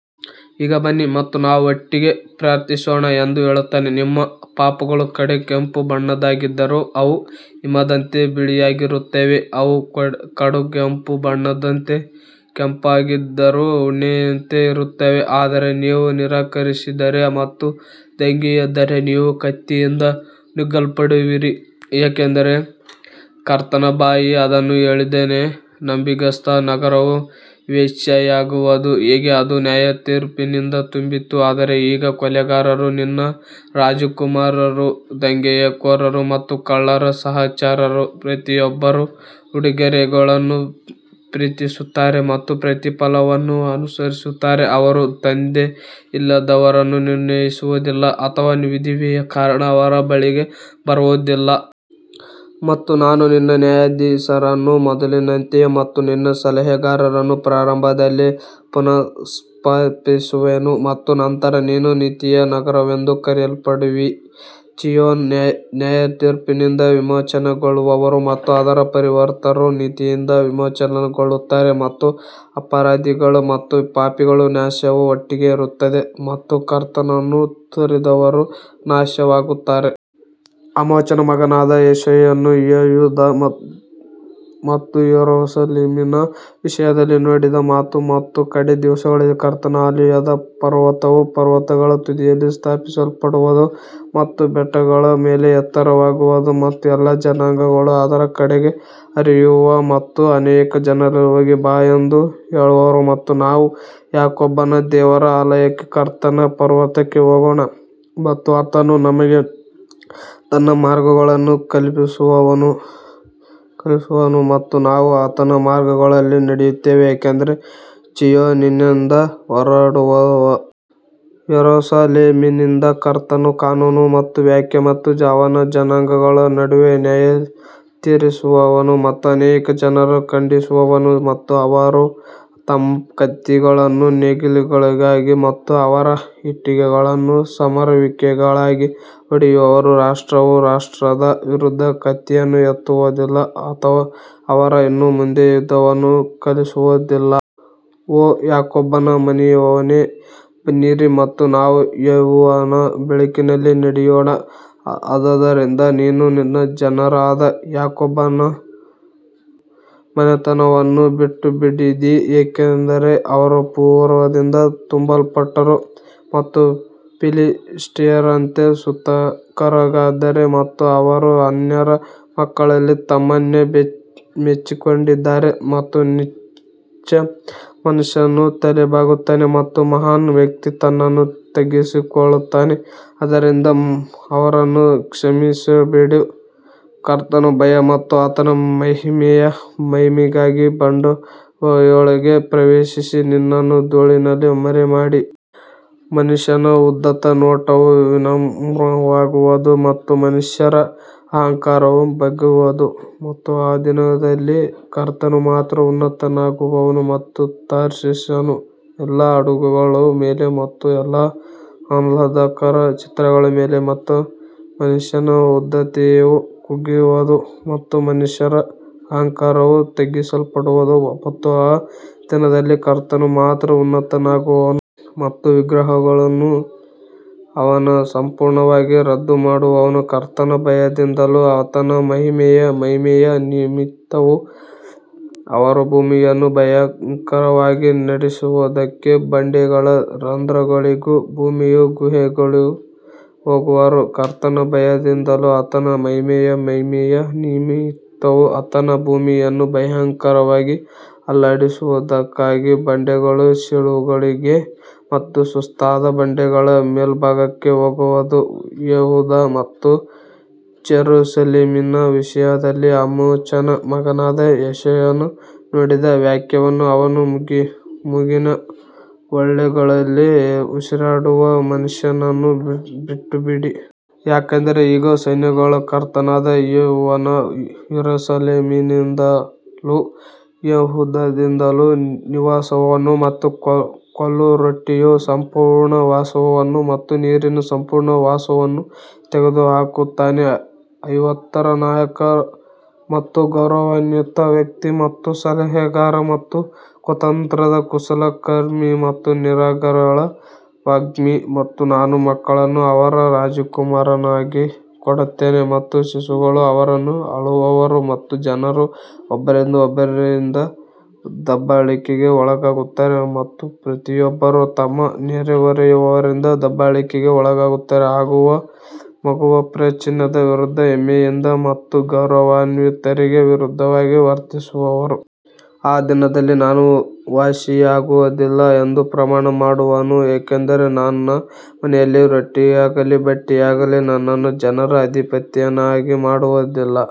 ಈಗ ಬನ್ನಿ ಮತ್ತು ನಾವು ಒಟ್ಟಿಗೆ ಪ್ರಾರ್ಥಿಸೋಣ ಎಂದು ಹೇಳುತ್ತಾನೆ ನಿಮ್ಮ ಪಾಪಗಳು ಕಡುಗೆಂಪು ಬಣ್ಣದ್ದಾಗಿದ್ದರೂ ಅವು ಹಿಮದಂತೆ ಬಿಳಿಯಾಗಿರುತ್ತವೆ, ಅವು ಕಡುಗೆಂಪು ಬಣ್ಣದಂತೆ ಕೆಂಪಾಗಿದ್ದರೂ ಉಣ್ಣೆಯಂತೆ ಇರುತ್ತವೆ ಆದರೆ ನೀವು ನಿರಾಕರಿಸಿದರೆ ಮತ್ತು ದಂಗೆಯೆದ್ದರೆ ನೀವು ಕತ್ತಿಯಿಂದ ನುಂಗಲ್ಪಡುವಿರಿ, ಏಕೆಂದರೆ ಕರ್ತನ ಬಾಯಿ ಅದನ್ನು ಹೇಳಿದ್ದಾನೆ ನಂಬಿಗಸ್ತ ನಗರವು ವೇಶ್ಯೆಯಾಗುವುದು ಹೇಗೆ ಅದು ನ್ಯಾಯತೀರ್ಪಿನಿಂದ ತುಂಬಿತ್ತು ಆದರೆ ಈಗ ಕೊಲೆಗಾರರು ನಿನ್ನ ರಾಜಕುಮಾರರು ದಂಗೆಕೋರರು ಮತ್ತು ಕಳ್ಳರ ಸಹಚರರು ಪ್ರತಿಯೊಬ್ಬರೂ ಉಡುಗೊರೆಗಳನ್ನು ಪ್ರೀತಿಸುತ್ತಾರೆ ಮತ್ತು ಪ್ರತಿಫಲವನ್ನು ಅನುಸರಿಸುತ್ತಾರೆ ಅವರು ತಂದೆಯಿಲ್ಲದವರನ್ನು ನಿರ್ಣಯಿಸುವುದಿಲ್ಲ ಅಥವಾ ವಿಧವೆಯ ಕಾರಣ ಅವರ ಬಳಿಗೆ ಬರುವುದಿಲ್ಲ. ಮತ್ತು ನಾನು ನಿನ್ನ ನ್ಯಾಯಾಧೀಶರನ್ನು ಮೊದಲಿನಂತೆಯೇ ಮತ್ತು ನಿನ್ನ ಸಲಹೆಗಾರರನ್ನು ಪ್ರಾರಂಭದಲ್ಲಿ ಪುನಸ್ಸ್ಥಾಪಿಸುವೆನು ಮತ್ತು ನಂತರ ನೀನು ನೀತಿಯ ನಗರವೆಂದು ಕರೆಯಲ್ಪಡುವಿ ಚೀಯೋನ್ ನ್ಯಾಯತೀರ್ಪಿನಿಂದ ವಿಮೋಚನೆಗೊಳ್ಳುವರು ಮತ್ತು ಅದರ ಪರಿವರ್ತಿತರು ನೀತಿಯಿಂದ ವಿಮೋಚನೆಗೊಳ್ಳುತ್ತಾರೆ ಮತ್ತು ಅಪರಾಧಿಗಳ ಮತ್ತು ಪಾಪಿಗಳ ನಾಶವು ಒಟ್ಟಿಗೆ ಇರುತ್ತದೆ ಮತ್ತು ಕರ್ತನನ್ನು ತೊರೆದವರು ನಾಶವಾಗುತ್ತಾರೆ. ಆಮೋಚನ ಮಗನಾದ ಯೆಶಾಯನು ಯೆಹೂದ ಮತ್ತು ಯೆರೂಸಲೇಮಿನ ವಿಷಯದಲ್ಲಿ ನೋಡಿದ ಮಾತು ಮತ್ತು ಕಡೇ ದಿವಸಗಳಲ್ಲಿ ಕರ್ತನ ಆಲಯದ ಪರ್ವತವು ಪರ್ವತಗಳ ತುದಿಯಲ್ಲಿ ಸ್ಥಾಪಿಸಲ್ಪಡುವದು ಮತ್ತು ಬೆಟ್ಟಗಳ ಮೇಲೆ ಎತ್ತರವಾಗುವದು ಮತ್ತು ಎಲ್ಲಾ ಜನಾಂಗಗಳು ಅದರ ಕಡೆಗೆ ಹರಿಯುವವು. ಮತ್ತು ಅನೇಕ ಜನರು ಹೋಗಿ ಬಾ ಎಂದು ಹೇಳುವರು ಮತ್ತು ನಾವು ಯಾಕೋಬನ ದೇವರ ಆಲಯಕ್ಕೆ ಕರ್ತನ ಪರ್ವತಕ್ಕೆ ಹೋಗೋಣ ಮತ್ತು ಆತನು ನಮಗೆ ತನ್ನ ಮಾರ್ಗಗಳನ್ನು ಕಲಿಸುವನು ಮತ್ತು ನಾವು ಆತನ ಮಾರ್ಗಗಳಲ್ಲಿ ನಡೆಯುತ್ತೇವೆ ಏಕೆಂದರೆ ಚೀಯೋನಿನಿಂದ ಹೊರಡುವವು. ಯೆರೂಸಲೇಮಿನಿಂದ ಕರ್ತನ ಕಾನೂನು ಮತ್ತು ವಾಕ್ಯ ಮತ್ತು ಅವನು ಜನಾಂಗಗಳ ನಡುವೆ ನ್ಯಾಯತೀರಿಸುವನು ಮತ್ತು ಅನೇಕ ಜನರನ್ನು ಖಂಡಿಸುವನು ಮತ್ತು ಅವರು ತಮ್ಮ ಕತ್ತಿಗಳನ್ನು ನೇಗಿಲುಗಳಾಗಿ ಮತ್ತು ಅವರ ಈಟಿಗಳನ್ನು ಸಮರುವಿಕೆಗಳಾಗಿ ಹೊಡೆಯುವರು ರಾಷ್ಟ್ರವು ರಾಷ್ಟ್ರದ ವಿರುದ್ಧ ಕತ್ತಿಯನ್ನು ಎತ್ತುವುದಿಲ್ಲ ಅಥವಾ ಅವರು ಇನ್ನು ಮುಂದೆ ಯುದ್ಧವನ್ನು ಕಲಿಯುವುದಿಲ್ಲ. ಓ ಯಾಕೋಬನ ಮನೆಯವರೇ ಬನ್ನಿರಿ ಮತ್ತು ನಾವು ಯೆಹೋವನ ಬೆಳಕಿನಲ್ಲಿ ನಡೆಯೋಣ ಆದದರಿಂದ ನೀನು ನಿನ್ನ ಜನರಾದ ಯಾಕೋಬನ ಮನೆತನವನ್ನು ಬಿಟ್ಟುಬಿಟ್ಟಿದ್ದೀ, ಏಕೆಂದರೆ ಅವರು ಪೂರ್ವದಿಂದ ತುಂಬಲ್ಪಟ್ಟರು ಮತ್ತು ಫಿಲಿಷ್ಟಿಯರಂತೆ ಸೂತಕರಾಗಿದ್ದಾರೆ ಮತ್ತು ಅವರು ಅನ್ಯರ ಮಕ್ಕಳಲ್ಲಿ ತಮ್ಮನ್ನು ಮೆಚ್ಚಿಕೊಂಡಿದ್ದಾರೆ. ಮತ್ತು ನೀಚ ಮನುಷ್ಯನು ತಲೆಬಾಗುತ್ತಾನೆ ಮತ್ತು ಮಹಾನ್ ವ್ಯಕ್ತಿ ತನ್ನನ್ನು ತಗ್ಗಿಸಿಕೊಳ್ಳುತ್ತಾನೆ ಆದ್ದರಿಂದ ಅವರನ್ನು ಕ್ಷಮಿಸಬೇಡ ಕರ್ತನ ಭಯ ಮತ್ತು ಆತನ ಮಹಿಮೆಯ ಮಹಿಮೆಗಾಗಿ ಬಂಡೆಯೊಳಗೆ ಪ್ರವೇಶಿಸಿ ನಿನ್ನನ್ನು ಧೂಳಿನಲ್ಲಿ ಮರೆಮಾಡಿ. ಮನುಷ್ಯನ ಉದಾತ್ತ ನೋಟವು ವಿನಮ್ರವಾಗುವದು ಮತ್ತು ಮನುಷ್ಯರ ಅಹಂಕಾರವು ಬಗ್ಗುವದು ಮತ್ತು ಆ ದಿನದಲ್ಲಿ ಕರ್ತನು ಮಾತ್ರ ಉನ್ನತನಾಗುವನು ಮತ್ತು ತಾರ್ಷಿಷಿನ ಎಲ್ಲಾ ಹಡಗುಗಳ ಮೇಲೆ ಮತ್ತು ಎಲ್ಲಾ ಆಹ್ಲಾದಕರ ಚಿತ್ರಗಳ ಮೇಲೆ ಮತ್ತು ಮನುಷ್ಯನ ಉದಾತ್ತತೆಯು ಕುಗ್ಗುವದು ಮತ್ತು ಮನುಷ್ಯರ ಅಹಂಕಾರವು ತಗ್ಗಿಸಲ್ಪಡುವದು ಮತ್ತು ಆ ದಿನದಲ್ಲಿ ಕರ್ತನು ಮಾತ್ರ ಉನ್ನತನಾಗುವನು. ಮತ್ತು ವಿಗ್ರಹಗಳನ್ನು ಅವನು ಸಂಪೂರ್ಣವಾಗಿ ರದ್ದುಮಾಡುವನು ಕರ್ತನ ಭಯದಿಂದಲೂ ಆತನ ಮಹಿಮೆಯ ಮಹಿಮೆಯ ನಿಮಿತ್ತವೂ ಅವರು ಭೂಮಿಯನ್ನು ಭಯಂಕರವಾಗಿ ನಡುಗಿಸುವದಕ್ಕೆ ಬಂಡೆಗಳ ರಂಧ್ರಗಳಿಗೂ ಭೂಮಿಯ ಗುಹೆಗಳಿಗೂ ಹೋಗುವರು. ಕರ್ತನ ಭಯದಿಂದಲೂ ಆತನ ಮಹಿಮೆಯ ಮಹಿಮೆಯ ನಿಮಿತ್ತವೂ ಆತನು ಭೂಮಿಯನ್ನು ಭಯಂಕರವಾಗಿ ಅಲ್ಲಾಡಿಸುವದಕ್ಕಾಗಿ ಬಂಡೆಗಳ ಸೀಳುಗಳಿಗೆ ಮತ್ತು ಸುಸ್ತಾದ ಬಂಡೆಗಳ ಮೇಲ್ಭಾಗಕ್ಕೆ ಹೋಗುವುದು ಯೆಹೂದ ಮತ್ತು ಜೆರುಸಲೇಮಿನ ವಿಷಯದಲ್ಲಿ ಆಮೋಚನ ಮಗನಾದ ಯೆಶಾಯನು ನೋಡಿದ ವಾಕ್ಯವನ್ನು ಅವನ ಮೂಗಿನ ಹೊಳ್ಳೆಗಳಲ್ಲಿ ಉಸಿರಾಡುವ ಮನುಷ್ಯನನ್ನು ಬಿಟ್ಟುಬಿಡಿ. ಯಾಕಂದರೆ ಇಗೋ, ಸೈನ್ಯಗಳ ಕರ್ತನಾದ ಯೆಹೋವನು ಯೆರೂಸಲೇಮಿನಿಂದಲೂ ಯೆಹೂದದಿಂದಲೂ ನಿವಾಸವನ್ನು ಮತ್ತು ಕೋಲು ರೊಟ್ಟಿಯ ಸಂಪೂರ್ಣ ವಾಸವನ್ನು ಮತ್ತು ನೀರಿನ ಸಂಪೂರ್ಣ ವಾಸವನ್ನು ತೆಗೆದುಹಾಕುತ್ತಾನೆ. ಐವತ್ತರ ನಾಯಕ ಮತ್ತು ಗೌರವಾನ್ವಿತ ವ್ಯಕ್ತಿ ಮತ್ತು ಸಲಹೆಗಾರ ಮತ್ತು ಕುತಂತ್ರದ ಕುಶಲಕರ್ಮಿ ಮತ್ತು ನಿರರ್ಗಳ ವಾಗ್ಮಿ ಮತ್ತು ನಾನು ಮಕ್ಕಳನ್ನು ಅವರ ರಾಜಕುಮಾರರನ್ನಾಗಿ ಕೊಡುತ್ತೇನೆ ಮತ್ತು ಶಿಶುಗಳು ಅವರನ್ನು ಆಳುವರು ಮತ್ತು ಜನರು ಒಬ್ಬರಿಂದ ಒಬ್ಬರಿಂದ ದಬ್ಬಾಳಿಕೆಗೆ ಒಳಗಾಗುತ್ತಾರೆ ಮತ್ತು ಪ್ರತಿಯೊಬ್ಬರು ತಮ್ಮ ನೆರೆಹೊರೆಯವರಿಂದ ದಬ್ಬಾಳಿಕೆಗೆ ಒಳಗಾಗುತ್ತಾರೆ, ಮಗುವು ಪ್ರಾಚೀನರ ವಿರುದ್ಧ ಹೆಮ್ಮೆಯಿಂದ ಮತ್ತು ಗೌರವಾನ್ವಿತರಿಗೆ ವಿರುದ್ಧವಾಗಿ ವರ್ತಿಸುವರು. ಆ ದಿನದಲ್ಲಿ ನಾನು ವಾಸಿಯಾಗುವುದಿಲ್ಲ ಎಂದು ಪ್ರಮಾಣ ಮಾಡುವನು, ಏಕೆಂದರೆ ನನ್ನ ಮನೆಯಲ್ಲಿ ರೊಟ್ಟಿಯಾಗಲಿ ಬಟ್ಟೆಯಾಗಲಿ ನನ್ನನ್ನು ಜನರ ಅಧಿಪತಿಯನ್ನಾಗಿ ಮಾಡುವುದಿಲ್ಲ.